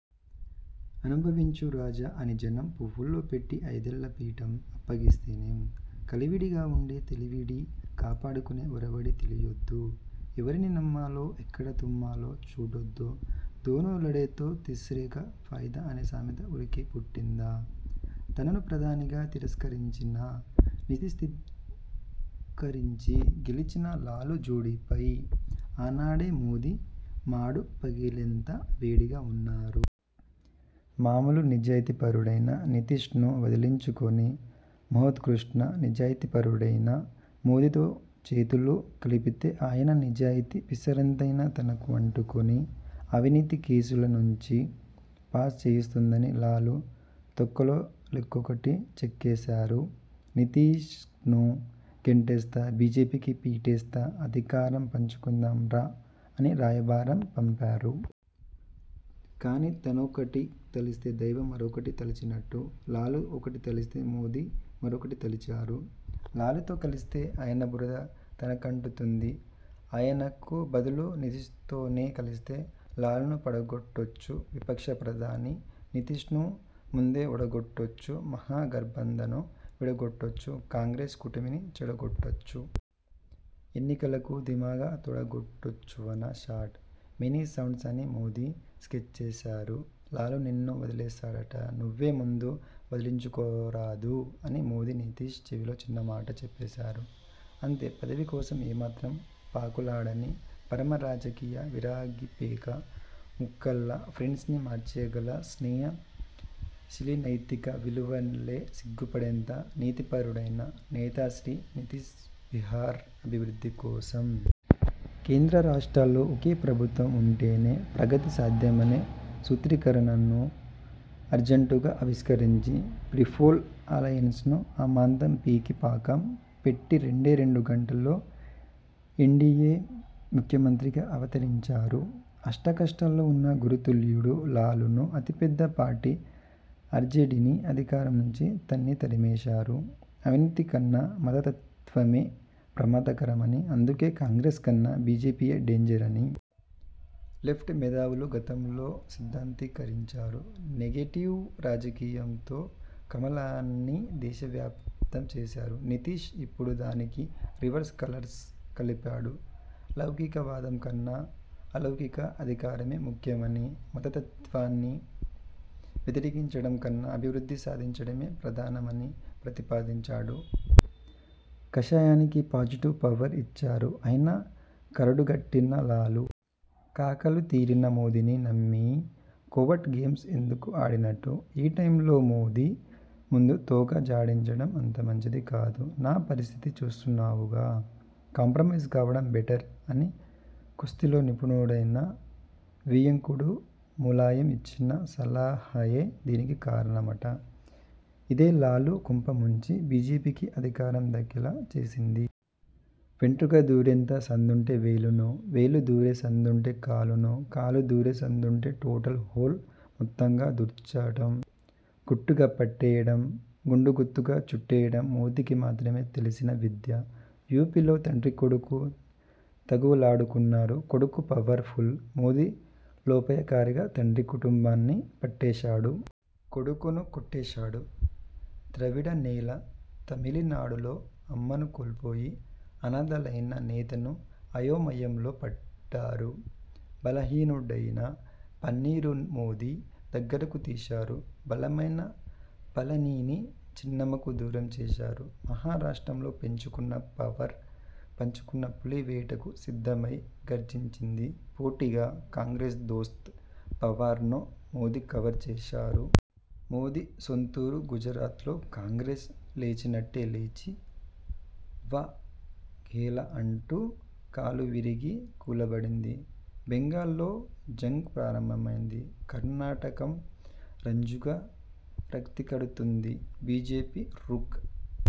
'అనుభవించు రాజా' అని జనం పువ్వుల్లో పెట్టి ఐదేళ్ల పీఠం అప్పగిస్తేనేం?! కలివిడిగా ఉండే తెలివిడి కాపాడుకునే ఒరవడి తెలియొద్దూ! ఎవరిని నమ్మాలోఎక్కడ తుమ్మాలో చూడొద్ద్దూ! దోనో లడేతో తీస్రేకా ఫాయిదా అనే సామెత ఊరికే పుట్టిందా! తనను 'ప్రధాని'గా తిరస్కరించిన నితీశ్ధిక్కరించి గెలిచిన లాలు జోడీపై ఆనాడే మోదీ మాడు పగిలేంత వేడిగా ఉన్నారు. మామూలు నిజాయతీపరుడైన నితీశ్ ను వదిలించుకుని, మహోత్కృష్ట నిజాయతీపరుడైన మోదీతో చేతులు కలిపితేఆయన నిజాయితీ పిసరంతైనా తనకు అంటుకుని, అవినీతి కేసుల నుంచి పాస్ చేయిస్తుందని లాలు తొక్కలో లెక్కొకటి చెక్కేశారు. 'నితీశ్ ను గెంటేస్తా.. బీజేపీకి పీటేస్తా.. అధికారం పంచుకుందాం రా' అని రాయబారం పంపారు. కానీ తానొకటి తలిస్తే దైవం మరొకటి తలిచినట్టు.. లాలు ఒకటి తలిస్తే మోదీ మరొకటి తలిచారు. లాలుతో కలిస్తే ఆయన బురద తనకంటుతుంది. ఆయనకు బదులు నితీశ్తోనే కలిస్తే?! లాలును పడగొట్టొచ్చు'విపక్ష ప్రధాని' నితీశ్ ను ముందే ఓడగొట్టొచ్చు.. మహా గఠ్బంధన్ను విడగొట్టొచ్చు.. కాంగ్రెస్ కూటమిని చెడగొట్టొచ్చు.. ఎన్నికలకు ధీమాగా తొడగొట్టొచ్చువన షాట్.. మెనీ సౌండ్స్ అని మోదీ స్కెచ్చేశారు. 'లాలు నిన్ను వదిలేస్తాడటనువ్వే ముందు వదిలించుకోరాదూ! ' అని మోదీ నితీశ్ చెవిలో చిన్న మాట చెప్పేశారు. అంతే! పదవి కోసం ఏమాత్రం పాకులాడని పరమ రాజకీయ విరాగిపేక ముక్కల్లా ఫ్రెండ్స్ ని మార్చేయగల స్నేహ శీలినైతిక విలువలే సిగ్గుపడేంత నీతిపరుడైన నేతాశ్రీ నితీశ్బిహార్ అభివృద్ధి కోసం.. కేంద్ర రాష్ట్రాల్లో ఒకే ప్రభుత్వం ఉంటేనే ప్రగతి సాధ్యమనే సూత్రీకరణను అర్జంటుగా ఆవిష్కరించి ప్రీపోల్ అలయన్స్ ను అమాంతం పీకి పాకం పెట్టిరెండేరెండు గంటల్లో ఎన్డీయే ముఖ్యమంత్రిగా అవతరించారు. అష్టకష్టాల్లో ఉన్న గురుతుల్యుడు లాలును, అతిపెద్ద పార్టీ ఆర్జేడీని అధికారం నుంచి తన్ని తరిమేశారు! అవినీతికన్నా మతతత్వమే ప్రమాదకరమని అందుకే కాంగ్రెస్ కన్నా బీజేపీయే డేంజర్ అని.. లెఫ్ట్ మేధావులు గతంలో సిద్ధాంతీకరించారు. నెగెటివ్ రాజకీయంతో కమలాన్ని దేశవ్యాప్తం చేశారు. నితీశ్ ఇప్పుడు దానికి రివర్స్ కలర్స్ కలిపాడు. లౌకికవాదం కన్నా అలౌకిక అధికారమే ముఖ్యమని మతతత్వాన్ని వ్యతిరేకించడంకన్నా అభివృద్ధి సాధించడమే ప్రధానమని ప్రతిపాదించారు. కాషాయానికి పాజిటివ్ పవర్ ఇచ్చారు. అయినా కరడుగట్టిన లాలు.. కాకలుతీరిన మోదీని నమ్మి కోవర్ట్ గేమ్స్ ఎందుకు ఆడినట్టు? ''ఈ టైంలో మోదీ ముందు తోక ఝాడించడం అంతమంచిది కాదు. నా పరిస్థితి చూస్తున్నావుగా! కాంప్రమైజ్ కావడం బెటర్'' అని కుస్తీలో నిపుణుడైన వియ్యంకుడు ములాయం ఇచ్చిన సలహాయే దీనికి కారణమట. ఇదే లాలు కొంపముంచి బీజేపీకి అధికారం దక్కేలా చేసింది. వెంట్రుక దూరే సందుంటే వేలును.. వేలు దూరే సందుంటే కాలును.. కాలు దూరే సందుంటే టోటల్ హోల్ మొత్తంగా దూర్చడం.. గుట్టుగా పట్టేయడం, గుండుగుత్తగా చుట్టేయడం మోదీకి మాత్రమే తెలిసిన విద్య! యూపీలో తండ్రీ కొడుకు తగువులాడుకున్నారు. కొడుకు 'పవర్' ఫుల్. మోదీ లోపాయకారీగా తండ్రి కుటుంబాన్ని పట్టేశాడు. కొడుకును కొట్టేశాడు. ద్రవిడ నేల తమిళనాడులో 'అమ్మ'ను కోల్పోయి, అనాథలైన నేతలు అయోమయంలో పడ్డారు. బలహీనుడైన పన్నీరును మోదీ దగ్గరకు తీశారు. బలమైన పళనిని చిన్నమ్మకు దూరం చేశారు. మహారాష్ట్రలో పెంచుకున్న, పవర్ పంచుకున్న పులి వేటకు సిద్ధమై గర్జించింది. పోటీగా.. కాంగ్రెస్ దోస్త్ పవార్ ను మోదీ కవర్ చేశారు. మోదీ సొంతూరు గుజరాత్లో కాంగ్రెస్ లేచినట్టే లేచి.. ''వా.. ఘేలా'' అంటూ కాలువిరిగి కూలబడింది. బెంగాల్లో జంగ్ ప్రారంభమైంది. కర్నాటకం రంజుగా రక్తికడుతోంది. 'బీజేపీ రుక్'